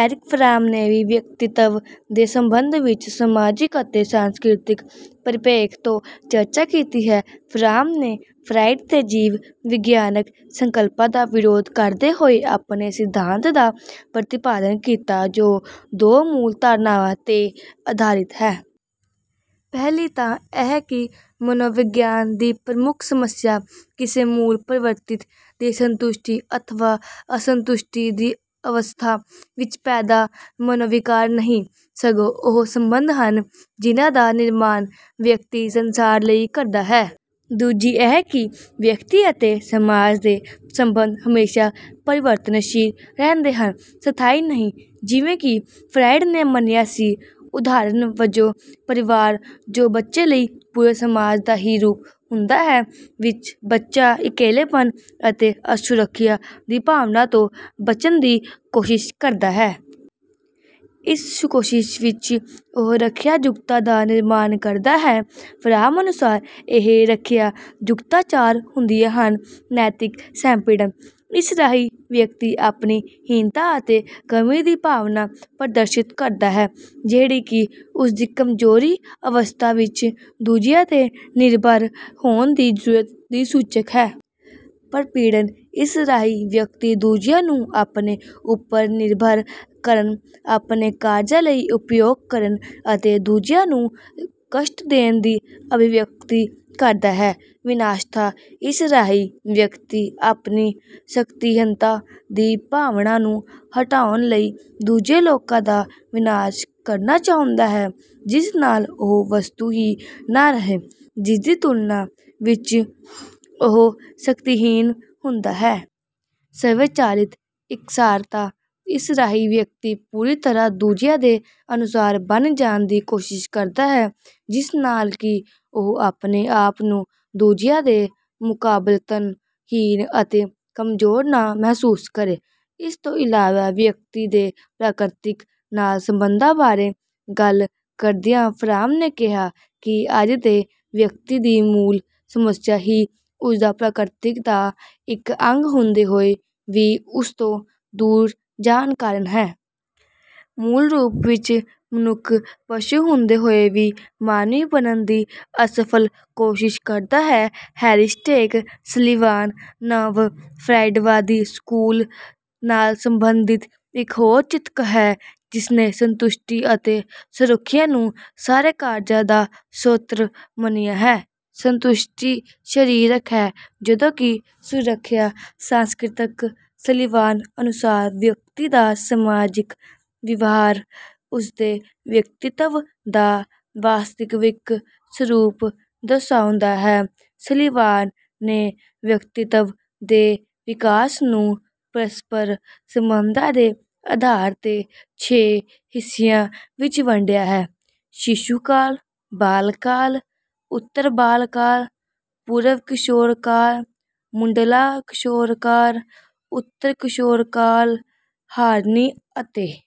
Eric from ਨੇ ਵੀ ਵਿਅਕਤਿਤਵ ਦੇ ਸੰਬੰਧ ਵਿੱਚ ਸਮਾਜਿਕ ਅਤੇ ਸਾਂਸਕ੍ਰਿਤਕ ਪਰਿਪੇਖ ਤੋਂ ਚਰਚਾ ਕੀਤੀ ਹੈ। ਫਰਾਮ ਨੇ ਫਰਾਇਡ ਦੇ ਜੀਵ ਵਿਗਿਆਨਕ ਸੰਕਲਪਾਂ ਦਾ ਵਿਰੋਧ ਕਰਦੇ ਹੋਏ ਆਪਣੇ ਸਿਧਾਂਤ ਦਾ ਪ੍ਰਤੀਪਾਦਨ ਕੀਤਾ ਜੋ ਦੋ ਮੂਲ ਧਾਰਨਾਵਾਂ ਤੇ ਆਧਾਰਿਤ ਹੈ। ਪਹਿਲੀ ਤਾਂ ਇਹ ਕਿ ਮਨੋਵਿਗਿਆਨ ਦੀ ਪ੍ਰਮੁੱਖ ਸਮੱਸਿਆ ਕਿਸੇ ਮੂਲ ਪ੍ਰਵਿਰਤੀ ਦੀ ਸੰਤੁਸ਼ਟੀ ਅਥਵਾ ਅਸੰਤੁਸ਼ਟੀ ਦੀ ਅਵਸਥਾ ਵਿੱਚ ਪੈਦਾ ਮਨੋਵਿਕਾਰ ਨਹੀਂ, ਸਗੋਂ ਉਹ ਸੰਬੰਧ ਹਨ ਜਿਨ੍ਹਾਂ ਦਾ ਨਿਰਮਾਣ ਵਿਅਕਤੀ ਸੰਸਾਰ ਲਈ ਕਰਦਾ ਹੈ। ਦੂਜੀ ਇਹ ਕਿ ਵਿਅਕਤੀ ਅਤੇ ਸਮਾਜ ਦੇ ਸੰਬੰਧ ਹਮੇਸ਼ਾਂ ਪਰਿਵਰਤਨਸ਼ੀਲ ਰਹਿੰਦੇ ਹਨ, ਸਥਾਈ ਨਹੀਂ ਜਿਵੇਂ ਕਿ ਫਰਾਇਡ ਨੇ ਮੰਨਿਆ ਸੀ। ਉਦਾਹਰਣ ਵਜੋਂ ਪਰਿਵਾਰ, ਜੋ ਬੱਚੇ ਲਈ ਪੂਰੇ ਸਮਾਜ ਦਾ ਹੀ ਰੂਪ ਹੁੰਦਾ ਹੈ, ਵਿੱਚ ਬੱਚਾ ਇਕੱਲੇਪਨ ਅਤੇ ਅਸੁਰੱਖਿਆ ਦੀ ਭਾਵਨਾ ਤੋਂ ਬਚਣ ਦੀ ਕੋਸ਼ਿਸ਼ ਕਰਦਾ ਹੈ। ਇਸ ਕੋਸ਼ਿਸ਼ ਵਿੱਚ ਉਹ ਰੱਖਿਆ-ਜੁਗਤਾਂ ਦਾ ਨਿਰਮਾਣ ਕਰਦਾ ਹੈ। ਫਰਾਮ ਅਨੁਸਾਰ ਇਹ ਰੱਖਿਆ ਜੁਗਤਾਂ ਚਾਰ ਹੁੰਦੀਆਂ ਹਨ: ਨੈਤਿਕ-ਸ੍ਵੈਂਪੀੜਨ, ਇਸ ਰਾਹੀਂ ਵਿਅਕਤੀ ਆਪਣੀ ਹੀਨਤਾ ਅਤੇ ਕਮੀ ਦੀ ਭਾਵਨਾ ਪ੍ਰਦਰਸ਼ਿਤ ਕਰਦਾ ਹੈ ਜਿਹੜੀ ਕਿ ਉਸਦੀ ਕਮਜ਼ੋਰੀ ਅਵਸਥਾ ਵਿੱਚ ਦੂਜਿਆਂ ਤੇ ਨਿਰਭਰ ਹੋਣ ਦੀ ਜ਼ਰੂਰਤ ਦੀ ਸੂਚਕ ਹੈ। ਪਰਪੀੜਨ, ਇਸ ਰਾਹੀਂ ਵਿਅਕਤੀ ਦੂਜਿਆਂ ਨੂੰ ਆਪਣੇ ਉਪਰ ਨਿਰਭਰ ਕਰਨ, ਆਪਣੇ ਕਾਰਜਾਂ ਲਈ ਉਪਯੋਗ ਕਰਨ ਅਤੇ ਦੂਜਿਆਂ ਨੂੰ ਕਸ਼ਟ ਦੇਣ ਦੀ ਅਭਿਵਿਅਕਤੀ ਕਰਦਾ ਹੈ। ਵਿਨਾਸ਼ਤਾ, ਇਸ ਰਾਹੀਂ ਵਿਅਕਤੀ ਆਪਣੀ ਸ਼ਕਤੀਹੀਨਤਾ ਦੀ ਭਾਵਨਾ ਨੂੰ ਹਟਾਉਣ ਲਈ ਦੂਜੇ ਲੋਕਾਂ ਦਾ ਵਿਨਾਸ਼ ਕਰਨਾ ਚਾਹੁੰਦਾ ਹੈ ਜਿਸ ਨਾਲ ਉਹ ਵਸਤੂ ਹੀ ਨਾ ਰਹੇ ਜਿਸਦੀ ਤੁਲਨਾ ਵਿੱਚ ਉਹ ਸ਼ਕਤੀਹੀਨ ਹੁੰਦਾ ਹੈ। ਸਵੈ ਚਾਲਿਤ-ਇਕਸਾਰਤਾ, ਇਸ ਰਾਹੀਂ ਵਿਅਕਤੀ ਪੂਰੀ ਤਰ੍ਹਾਂ ਦੂਜਿਆਂ ਦੇ ਅਨੁਸਾਰ ਬਣ ਜਾਣ ਦੀ ਕੋਸ਼ਿਸ਼ ਕਰਦਾ ਹੈ ਜਿਸ ਨਾਲ ਕਿ ਉਹ ਆਪਣੇ ਆਪ ਨੂੰ ਦੂਜਿਆਂ ਦੇ ਮੁਕਾਬਲਤਨ ਹੀਨ ਅਤੇ ਕਮਜ਼ੋਰ ਨਾ ਮਹਿਸੂਸ ਕਰੇ। ਇਸ ਤੋਂ ਇਲਾਵਾ ਵਿਅਕਤੀ ਦੇ ਪ੍ਰਕਿਰਤੀ ਨਾਲ ਸੰਬੰਧਾਂ ਬਾਰੇ ਗੱਲ ਕਰਦਿਆਂ ਫਰਾਮ ਨੇ ਕਿਹਾ ਹੈ ਕਿ ਅੱਜ ਦੇ ਵਿਅਕਤੀ ਦੀ ਮੂਲ ਸਮੱਸਿਆ ਹੀ ਉਸਦਾ ਪ੍ਰਕ੍ਰਿਤੀ ਦਾ ਇੱਕ ਅੰਗ ਹੁੰਦੇ ਹੋਏ ਵੀ ਉਸਤੋਂ ਦੂਰ ਜਾਣ ਕਾਰਨ ਹੈ। ਮੂਲ ਰੂਪ ਵਿੱਚ ਮਨੁੱਖ ਪਸ਼ੂ ਹੁੰਦੇ ਹੋਏ ਵੀ ਮਾਨਵੀ ਬਣਨ ਦੀ ਅਸਫਲ ਕੋਸ਼ਿਸ਼ ਕਰਦਾ ਹੈ। ਹੈਰੀਸਟੈਕ ਸਲੀਵਾਨ ਨਵ-ਫਰਾਇਡਵਾਦੀ ਸਕੂਲ ਨਾਲ ਸੰਬੰਧਿਤ ਇੱਕ ਹੋਰ ਚਿੰਤਕ ਹੈ ਜਿਸਨੇ ਸੰਤੁਸ਼ਟੀ ਅਤੇ ਸੁਰੱਖਿਆ ਨੂੰ ਸਾਰੇ ਕਾਰਜਾਂ ਦਾ ਸ੍ਰੋਤ ਮੰਨਿਆ ਹੈ। ਸੰਤੁਸ਼ਟੀ ਸਰੀਰਕ ਹੈ ਜਦੋਂ ਕਿ ਸੁਰੱਖਿਆ ਸਾਂਸਕ੍ਰਿਤਕ। ਸਲੀਵਾਨ ਅਨੁਸਾਰ ਵਿਅਕਤੀ ਦਾ ਸਮਾਜਿਕ ਵਿਵਹਾਰ ਉਸਦੇ ਵਿਅਕਤਿਤਵ ਦਾ ਵਾਸਤਵਿਕ ਸਰੂਪ ਦਰਸਾਉਂਦਾ ਹੈ। ਸਲੀਵਾਨ ਨੇ ਵਿਅਕਤਿਤਵ ਦੇ ਵਿਕਾਸ ਨੂੰ ਪਰਸਪਰ ਸੰਬੰਧਾਂ ਦੇ ਆਧਾਰ ਤੇ ਛੇ ਹਿੱਸਿਆਂ ਵਿੱਚ ਵੰਡਿਆ ਹੈ: ਸਿਸੂ ਕਾਲ, ਬਾਲਕਾਲ, ਉੱਤਰ ਬਾਲਕਾਲ, ਪੂਰਵ ਕਿਸ਼ੋਰ ਕਾਲ, ਮੁੱਢਲਾ ਕਿਸ਼ੋਰ ਕਾਲ, ਉੱਤਰ ਕਿਸ਼ੋਰ ਕਾਲ। ਹਾਰਨੀ ਅਤੇ